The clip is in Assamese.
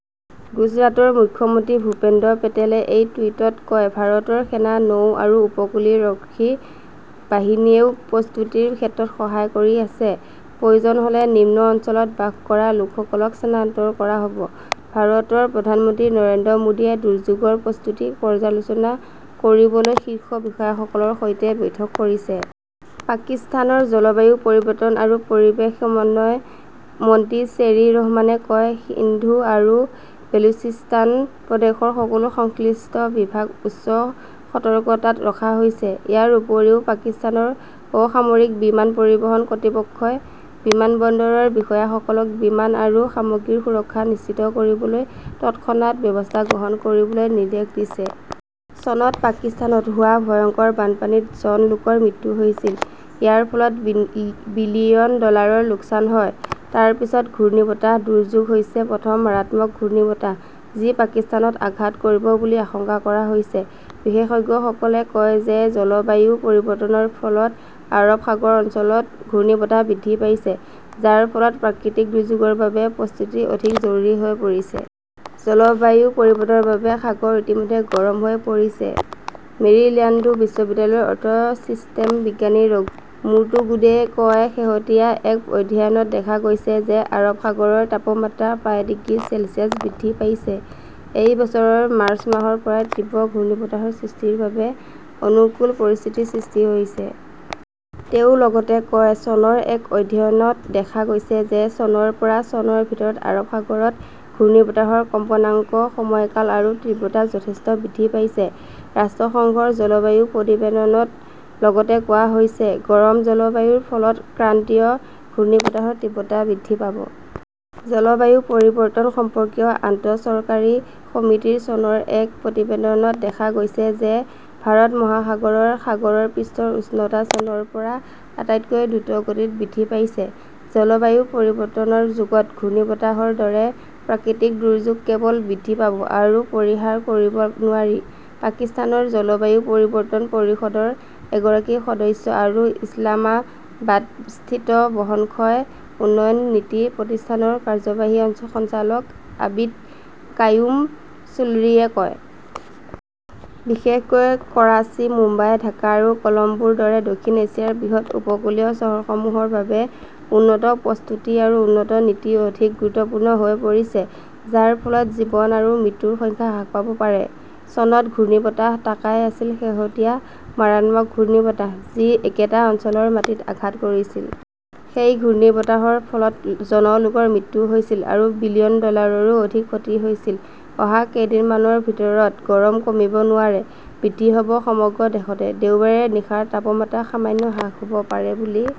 গুজৰাটৰ মুখ্যমন্ত্ৰী ভূপেন্দ্ৰ পেটেলে এটা টুইটত কয়, "ভাৰতৰ সেনা, নৌ আৰু উপকূলৰক্ষী বাহিনীয়েও প্ৰস্তুতিৰ ক্ষেত্ৰত সহায় কৰি আছে। প্ৰয়োজন হ "লে নিম্ন অঞ্চলত বাস কৰা লোকসকলক স্থানান্তৰ কৰা হ" ব। "ভাৰতৰ প্ৰধানমন্ত্ৰী নৰেন্দ্ৰ মোদীয়ে দুৰ্যোগৰ প্ৰস্তুতি পৰ্যালোচনা কৰিবলৈ শীৰ্ষ বিষয়াসকলৰ সৈতে বৈঠক কৰিছে। পাকিস্তানৰ জলবায়ু পৰিৱৰ্তন আৰু পৰিৱেশ সমন্বয় মন্ত্ৰী শ্বেৰী ৰহমানে কয়, "সিন্ধু আৰু বেলুচিস্তান প্ৰদেশৰ সকলো সংশ্লিষ্ট বিভাগ উচ্চ সতৰ্কতাত ৰখা হৈছে। "ইয়াৰ উপৰিও, পাকিস্তানৰ অসামৰিক বিমান পৰিবহণ কৰ্তৃপক্ষই বিমানবন্দৰৰ বিষয়াসকলক বিমান আৰু সামগ্ৰীৰ সুৰক্ষা নিশ্চিত কৰিবলৈ তৎক্ষণাত ব্যৱস্থা গ্ৰহণ কৰিবলৈ নিৰ্দেশ দিছে। চনত পাকিস্তানত হোৱা ভয়ংকৰ বানপানীত জন লোকৰ মৃত্যু হৈছিল। ইয়াৰ ফলত বিলিয়ন ডলাৰৰ লোকচান হয়। তাৰ পিছত ঘূৰ্ণীবতাহ "দুৰ্যোগ" হৈছে প্ৰথম মাৰাত্মক ঘূৰ্ণীবতাহ যি পাকিস্তানত আঘাত কৰিব বুলি আশংকা কৰা হৈছে। বিশেষজ্ঞসকলে কয় যে জলবায়ু পৰিৱৰ্তনৰ ফলত আৰৱ সাগৰ অঞ্চলত ঘূৰ্ণীবতাহ বৃদ্ধি পাইছে, যাৰ ফলত প্ৰাকৃতিক দুৰ্যোগৰ বাবে প্ৰস্তুতি অধিক জৰুৰী হৈ পৰিছে। "জলবায়ু পৰিৱৰ্তনৰ বাবে সাগৰ ইতিমধ্যে গৰম হৈ পৰিছে", মেৰিল্যাণ্ড বিশ্ববিদ্যালয়ৰ অৰ্থ চিষ্টেম বিজ্ঞানী ৰঘু মুৰ্টুগুডেয়ে কয়। "শেহতীয়া এক অধ্যয়নত দেখা গৈছে যে আৰৱ সাগৰৰ তাপমাত্ৰা প্ৰায় ডিগ্ৰী চেলছিয়াছ বৃদ্ধি পাইছে। এই বছৰৰ মাৰ্চ মাহৰ পৰাই তীব্ৰ ঘূৰ্ণীবতাহৰ সৃষ্টিৰ বাবে অনুকূল পৰিস্থিতিৰ সৃষ্টি হৈছে। "তেওঁ লগতে কয়", চনৰ এক অধ্যয়নত দেখা গৈছে যে চনৰ পৰা চনৰ ভিতৰত আৰৱ সাগৰত ঘূৰ্ণীবতাহৰ কম্পনাংক, সময়কাল আৰু তীব্ৰতা যথেষ্ট বৃদ্ধি পাইছে। "ৰাষ্ট্ৰসংঘৰ জলবায়ু প্ৰতিবেদনত লগতে কোৱা হৈছে", গৰম জলবায়ুৰ ফলত ক্ৰান্তীয় ঘূৰ্ণীবতাহৰ তীব্ৰতা বৃদ্ধি পাব। "জলবায়ু পৰিৱৰ্তন সম্পৰ্কীয় আন্তঃসৰকাৰী সমিতিৰ চনৰ এক প্ৰতিবেদনত দেখা গৈছে যে ভাৰত মহাসাগৰৰ সাগৰৰ পৃষ্ঠৰ উষ্ণতা চনৰ পৰা আটাইতকৈ দ্ৰুতগতিত বৃদ্ধি পাইছে। "জলবায়ু পৰিৱৰ্তনৰ যুগত ঘূৰ্ণীবতাহৰ দৰে প্ৰাকৃতিক দুৰ্যোগ কেৱল বৃদ্ধি পাব আৰু পৰিহাৰ কৰিব নোৱাৰি", পাকিস্তানৰ জলবায়ু পৰিৱৰ্তন পৰিষদৰ এগৰাকী সদস্য আৰু ইছলামাবাদস্থিত বহনক্ষম উন্নয়ন নীতি প্ৰতিষ্ঠানৰ কাৰ্যবাহী সঞ্চালক আবিদ কায়ুম চুলৰীয়ে কয়। বিশেষকৈ কৰাচী, মুম্বাই, ঢাকা আৰু কলম্বোৰ দৰে দক্ষিণ এছিয়াৰ বৃহৎ উপকূলীয় চহৰসমূহৰ বাবে উন্নত প্ৰস্তুতি আৰু উন্নত নীতি অধিক গুৰুত্বপূৰ্ণ হৈ পৰিছে; যাৰ ফলত জীৱন আৰু মৃত্যুৰ সংখ্যা হ্ৰাস পাব পাৰে। " চনত ঘূৰ্ণীবতাহ" তাকাই "আছিল শেহতীয়া মাৰাত্মক ঘূৰ্ণীবতাহ, যি একেটা অঞ্চলৰ মাটিত আঘাত কৰিছিল। সেই ঘূৰ্ণীবতাহৰ ফলত জন লোকৰ মৃত্যু হৈছিল আৰু বিলিয়ন ডলাৰৰো অধিক ক্ষতি হৈছিল। অহা কেইদিনমানৰ ভিতৰত গৰম কমিব নোৱাৰে, বৃদ্ধি হ 'ব সমগ্ৰ দেশতে দেওবাৰে নিশাৰ তাপমাত্ৰা সামান্য হ্ৰাস হ "ব পাৰে বুলি